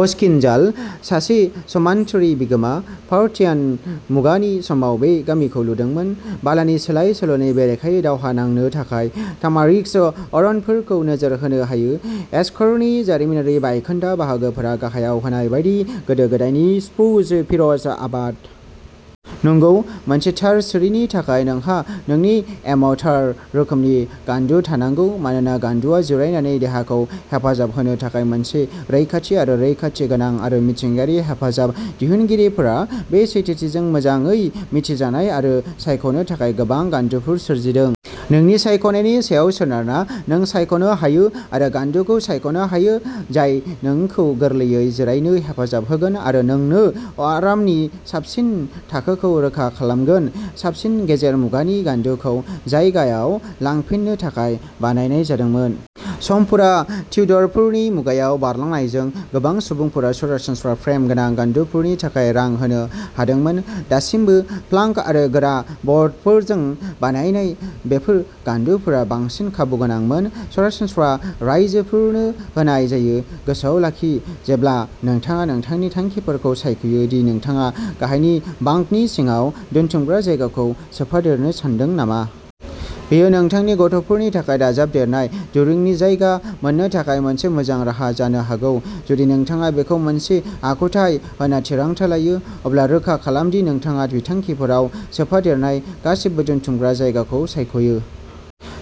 अशकिन जाल, सासे सामन्तारि बिगोमा, पार्थियान मुगानि समाव बे गामिखौ लुदोंमोन। बालानि सोलाय-सोल'नि बेरेखायै दावहा नांनो थाखाय, तामारिस्क अरनफोरखौ नोजोर होनो हायो। एशकरनि जारिमिनारि बायखोन्दा बाहागोफोरा गाहायाव होनाय बायदि गोदो-गोदायनि स्प्रुस, फिर'ज आबाद। नंगौ, मोनसे थार सिरिनि थाखाय नोंहा नोंनि एमाव थार रोखोमनि गान्दु थानांगौ मानोना गान्दुआ जिरायनानै देहाखौ हेफाजाब होनो थाखाय मोनसे रैखाथि आरो रैखाथि गोनां आरो मिथिंगायारि हेफाजाब। दिहुनगिरिफोरा बे सैथोथिजों मोजाङै मिथिजानाय आरो सायख'नो थाखाय गोबां गान्दुफोर सोरजिदों। नोंनि सायख'नायनि सायाव सोनारना नों सायख'नो हायो आरो गान्दुखौ सायख'नो हायो जाय नोंखौ गोरलैयै जिरायनो हेफाजाब होगोन आरो नोंनो अ आरामनि साबसिन थाखोखौ रोखा खालामगोन। साबसिन गेजेर मुगानि गान्दुखौ जायगायाव लांफिननो थाखाय बानायनाय जादोंमोन। समफोरा टिउडरफोरनि मुगायाव बारलांनायजों, गोबां सुबुंफोरा सरासनस्रा फ्रेम गोनां गान्दुफोरनि थाखाय रां होनो हादोंमोन। दासिमबो प्लांक आरो गोरा बर्डफोरजों बानायनाय, बेफोर गान्दुफोरा बांसिन खाबुगोनांमोन। सरासनस्रा राइजोफोरनो होनाय जायो। गोसोआव लाखि जेब्ला नोंथाङा नोंथांनि थांखिफोरखौ सायख'यो दि नोंथाङा गाहायनि बांकनि सिङाव दोनथुमग्रा जायगाखौ सोफादेरनो सानदों नामा? बेयो नोंथांनि गथ'फोरनि थाखाय दाजाबदेरनाय दिरुंनि जायगा मोन्नो थाखाय मोनसे मोजां राहा जानो हागौ। जुदि नोंथाङा बेखौ मोनसे आखुथाय होनना थिरांथा लायो, अब्ला रोखा खालाम दि नोंथाङा बिथांखिफोराव सोफादेरनाय गासैबो दोनथुमग्रा जायगाखौ सायख'यो।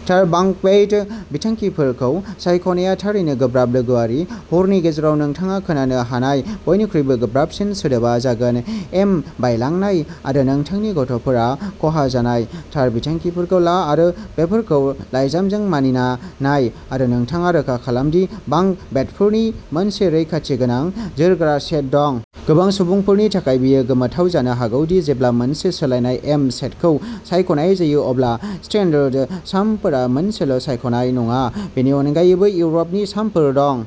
थार बांकबेड बिथांखिफोरखौ सायख'नाया थारैनो गोब्राब लोगोआरि। हरनि गेजेराव नोंथाङा खोनानो हानाय बयनिख्रुइबो गोब्राबसिन सोदोबआ जागोन एम बायलांनाय, आरो नोंथांनि गथ'फोरा खहा जानाय। थार बिथांखिफोरखौ ला आरो बेफोरखौ लाइजामजों मानिना नाय, आरो नोंथाङा रोखा खालाम दि बांक बेडफोरनि मोनसे रैखाथि गोनां, जोरग्रा सेट दं। गोबां सुबुंफोरनि थाखाय बेयो गोमोथाव जानो हागौ दि जेब्ला मोनसे सोलायनाय एम सेटखौ सायख'नाय जायो अब्ला स्टान्डार्ड शामफोरा मोनसेल' सायख'नाय नङा। बेनि अनगायैबो इउर'पनि शामफोर दं।